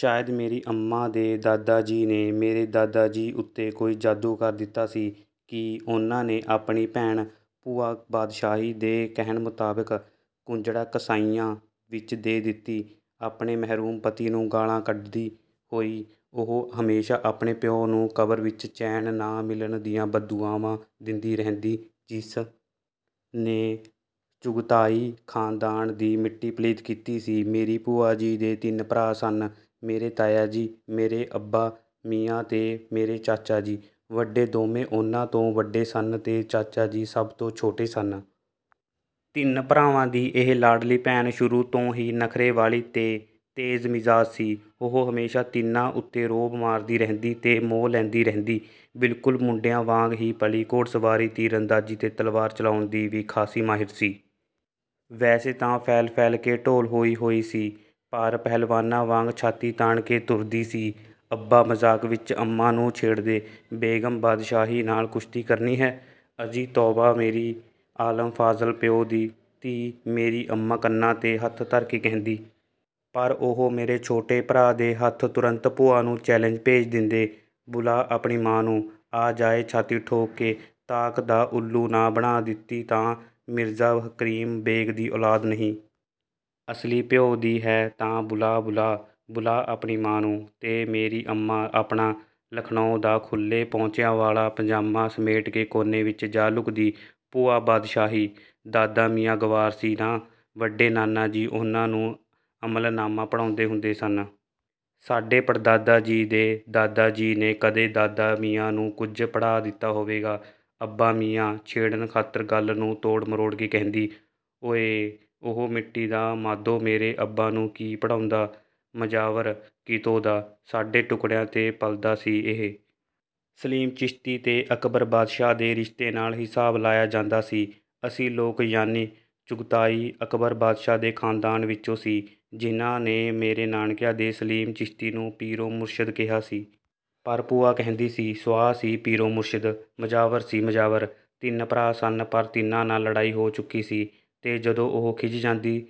ਸ਼ਾਇਦ ਮੇਰੀ ਅੰਮਾਂ ਦੇ ਦਾਦਾ ਜੀ ਨੇ ਮੇਰੇ ਦਾਦਾ ਜੀ ਉੱਤੇ ਕੋਈ ਜਾਦੂ ਕਰ ਦਿੱਤਾ ਸੀ ਕਿ ਉਨ੍ਹਾਂ ਨੇ ਆਪਣੀ ਭੈਣ, ਭੂਆ ਬਾਦਸ਼ਾਹੀ, ਦੇ ਕਹਿਣ ਮੁਤਾਬਕ ਕੁੰਜੜਾਂ-ਕਸਾਈਆਂ ਵਿੱਚ ਦੇ ਦਿੱਤੀ। ਆਪਣੇ 'ਮਰਹੂਮ' ਪਤੀ ਨੂੰ ਗਾਲ੍ਹਾਂ ਕੱਢਦੀ ਹੋਈ ਉਹ ਹਮੇਸ਼ਾ ਆਪਣੇ ਪਿਓ ਨੂੰ ਕਬਰ ਵਿੱਚ ਚੈਨ ਨਾ ਮਿਲਣ ਦੀਆਂ ਬਦਦੁਆਵਾਂ ਦਿੰਦੀ ਰਹਿੰਦੀ। ਜਿਸ ਨੇ ਚੁਗ਼ਤਾਈ ਖ਼ਾਨਦਾਨ ਦੀ ਮਿੱਟੀ ਪਲੀਤ ਕੀਤੀ ਸੀ। ਮੇਰੀ ਭੂਆ ਜੀ ਦੇ ਤਿੰਨ ਭਰਾ ਸਨ। ਮੇਰੇ ਤਾਇਆ ਜੀ, ਮੇਰੇ ਅੱਬਾ ਮੀਆਂ ਤੇ ਮੇਰੇ ਚਾਚਾ ਜੀ, ਵੱਡੇ ਦੋਵੇਂ ਉਨ੍ਹਾਂ ਤੋਂ ਵੱਡੇ ਸਨ ਤੇ ਚਾਚਾ ਜੀ ਸਭ ਤੋਂ ਛੋਟੇ ਸਨ। ਤਿੰਨ ਭਰਾਵਾਂ ਦੀ ਇਹ ਲਾਡਲੀ ਭੈਣ ਸ਼ੁਰੂ ਤੋਂ ਹੀ ਨਖ਼ਰੇ ਵਾਲੀ ਤੇ ਤੇਜ਼ ਮਿਜ਼ਾਜ਼ ਸੀ। ਉਹ ਹਮੇਸ਼ਾ ਤਿੰਨਾਂ ਉੱਤੇ ਰੋਅਬ ਮਾਰਦੀ ਰਹਿੰਦੀ ਤੇ ਮੋਹ ਲੈਂਦੀ ਰਹਿੰਦੀ। ਬਿਲਕੁਲ ਮੁੰਡਿਆਂ ਵਾਂਗ ਹੀ ਪਲੀ, ਘੋੜਸਵਾਰੀ, ਤੀਰਅੰਦਾਜ਼ੀ ਤੇ ਤਲਵਾਰ ਚਲਾਉਣ ਦੀ ਵੀ ਖਾਸੀ ਮਾਹਿਰ ਸੀ। ਵੈਸੇ ਤਾਂ ਫੈਲ-ਫੈਲ ਕੇ ਢੋਲ ਹੋਈ ਹੋਈ ਸੀ, ਪਰ ਪਹਿਲਵਾਨਾਂ ਵਾਂਗ ਛਾਤੀ ਤਾਣ ਕੇ ਤੁਰਦੀ ਸੀ। ਅੱਬਾ ਮਜ਼ਾਕ ਵਿੱਚ ਅੰਮਾਂ ਨੂੰ ਛੇੜਦੇ, ''ਬੇਗਮ, ਬਾਦਸ਼ਾਹੀ ਨਾਲ ਕੁਸ਼ਤੀ ਕਰਨੀ ਹੈ?" ''ਅਜੀ ਤੌਬਾ ਮੇਰੀ।'' ਆਲਮ-ਫ਼ਾਜ਼ਲ ਪਿਓ ਦੀ ਧੀ, ਮੇਰੀ ਅੰਮਾਂ ਕੰਨਾਂ 'ਤੇ ਹੱਥ ਧਰ ਕੇ ਕਹਿੰਦੀ। ਪਰ ਉਹ ਮੇਰੇ ਛੋਟੇ ਭਰਾ ਦੇ ਹੱਥ ਤੁਰੰਤ ਭੂਆ ਨੂੰ ਚੈਲੇਂਜ ਭੇਜ ਦਿੰਦੇ। ''ਬੁਲਾ ਆਪਣੀ ਮਾਂ ਨੂੰ। ਆ ਜਾਏ ਛਾਤੀ ਠੋਕ ਕੇ। ਤਾਕ ਦਾ ਉੱਲੂ ਨਾ ਬਣਾ ਦਿੱਤੀ ਤਾਂ ਮਿਰਜ਼ਾ ਕਰੀਮ ਬੇਗ ਦੀ ਔਲਾਦ ਨਹੀਂ। ਅਸਲੀ ਪਿਓ ਦੀ ਹੈ ਤਾਂ ਬੁਲਾ-ਬੁਲਾ, ਬੁਲਾ ਆਪਣੀ ਮਾਂ ਨੂੰ'' ਤੇ ਮੇਰੀ ਅੰਮਾਂ ਆਪਣਾ ਲਖ਼ਨਊ ਦਾ ਖੁੱਲ੍ਹੇ ਪੌਂਚਿਆਂ ਵਾਲਾ ਪਾਜਾਮਾ ਸਮੇਟ ਕੇ ਕੋਨੇ ਵਿੱਚ ਜਾ ਲੁਕਦੀ।''ਭੂਆ ਬਾਦਸ਼ਾਹੀ, ਦਾਦਾ ਮੀਆਂ ਗਵਾਰ ਸੀ ਨਾ? ਵੱਡੇ ਨਾਨਾ ਜੀ ਉਨ੍ਹਾਂ ਨੂੰ ਅਮਲਨਾਮਾ ਪੜ੍ਹਾਉਂਦੇ ਹੁੰਦੇ ਸਨ।" ਸਾਡੇ ਪੜਦਾਦਾ ਜੀ ਦੇ ਦਾਦਾ ਜੀ ਨੇ ਕਦੇ ਦਾਦਾ ਮੀਆਂ ਨੂੰ ਕੁਝ ਪੜ੍ਹਾ ਦਿੱਤਾ ਹੋਵੇਗਾ। ਅੱਬਾ ਮੀਆਂ ਛੇੜਨ ਖ਼ਾਤਰ ਗੱਲ ਨੂੰ ਤੋੜ-ਮਰੋੜ ਕੇ ਕਹਿੰਦੇ। ''ਓਏ ਉਹ ਮਿੱਟੀ ਦਾ ਮਾਧੋ ਮੇਰੇ ਅੱਬਾ ਨੂੰ ਕੀ ਪੜ੍ਹਾਉਂਦਾ--ਮਜਾਵਰ ਕਿਤੋਂ ਦਾ, ਸਾਡੇ ਟੁੱਕੜਿਆਂ 'ਤੇ ਪਲਦਾ ਸੀ।"ਇਹ ਸਲੀਮ ਚਿਸ਼ਤੀ ਤੇ ਅਕਬਰ ਬਾਦਸ਼ਾਹ ਦੇ ਰਿਸ਼ਤੇ ਨਾਲ ਹਿਸਾਬ ਲਾਇਆ ਜਾਂਦਾ ਸੀ। ਅਸੀਂ ਲੋਕ ਯਾਨੀ ਚੁਗ਼ਤਾਈ, ਅਕਬਰ ਬਾਦਸ਼ਾਹ ਦੇ ਖ਼ਾਨਦਾਨ ਵਿੱਚੋਂ ਸੀ ਜਿਨ੍ਹਾਂ ਨੇ ਮੇਰੇ ਨਾਨਕਿਆਂ ਦੇ ਸਲੀਮ ਚਿਸ਼ਤੀ ਨੂੰ ਪੀਰੋ-ਮੁਰਸ਼ਦ ਕਿਹਾ ਸੀ। ਪਰ ਭੂਆ ਕਹਿੰਦੀ ਸੀ, ''ਸੁਆਹ ਸੀ ਪੀਰੋ-ਮੁਰਸ਼ਦ - ਮਜਾਵਰ ਸੀ, ਮਜਾਵਰ।"ਤਿੰਨ ਭਰਾ ਸਨ ਪਰ ਤਿੰਨਾਂ ਨਾਲ ਲੜਾਈ ਹੋ ਚੁੱਕੀ ਸੀ। ਤੇ ਜਦੋਂ ਉਹ ਖਿਝ ਜਾਂਦੀ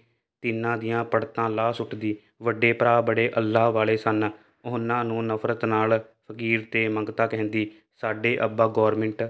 ਤਿੰਨਾਂ ਦੀਆਂ ਪੜਤਾਂ ਲਾਹ ਸੁੱਟਦੀ। ਵੱਡੇ ਭਰਾ ਬੜੇ ਅੱਲ੍ਹਾ ਵਾਲੇ ਸਨ, ਉਨ੍ਹਾਂ ਨੂੰ ਨਫ਼ਰਤ ਨਾਲ ਫ਼ਕੀਰ ਤੇ ਮੰਗਤਾ ਕਹਿੰਦੀ। ਸਾਡੇ ਅੱਬਾ ਗੌਰਮਿੰਟ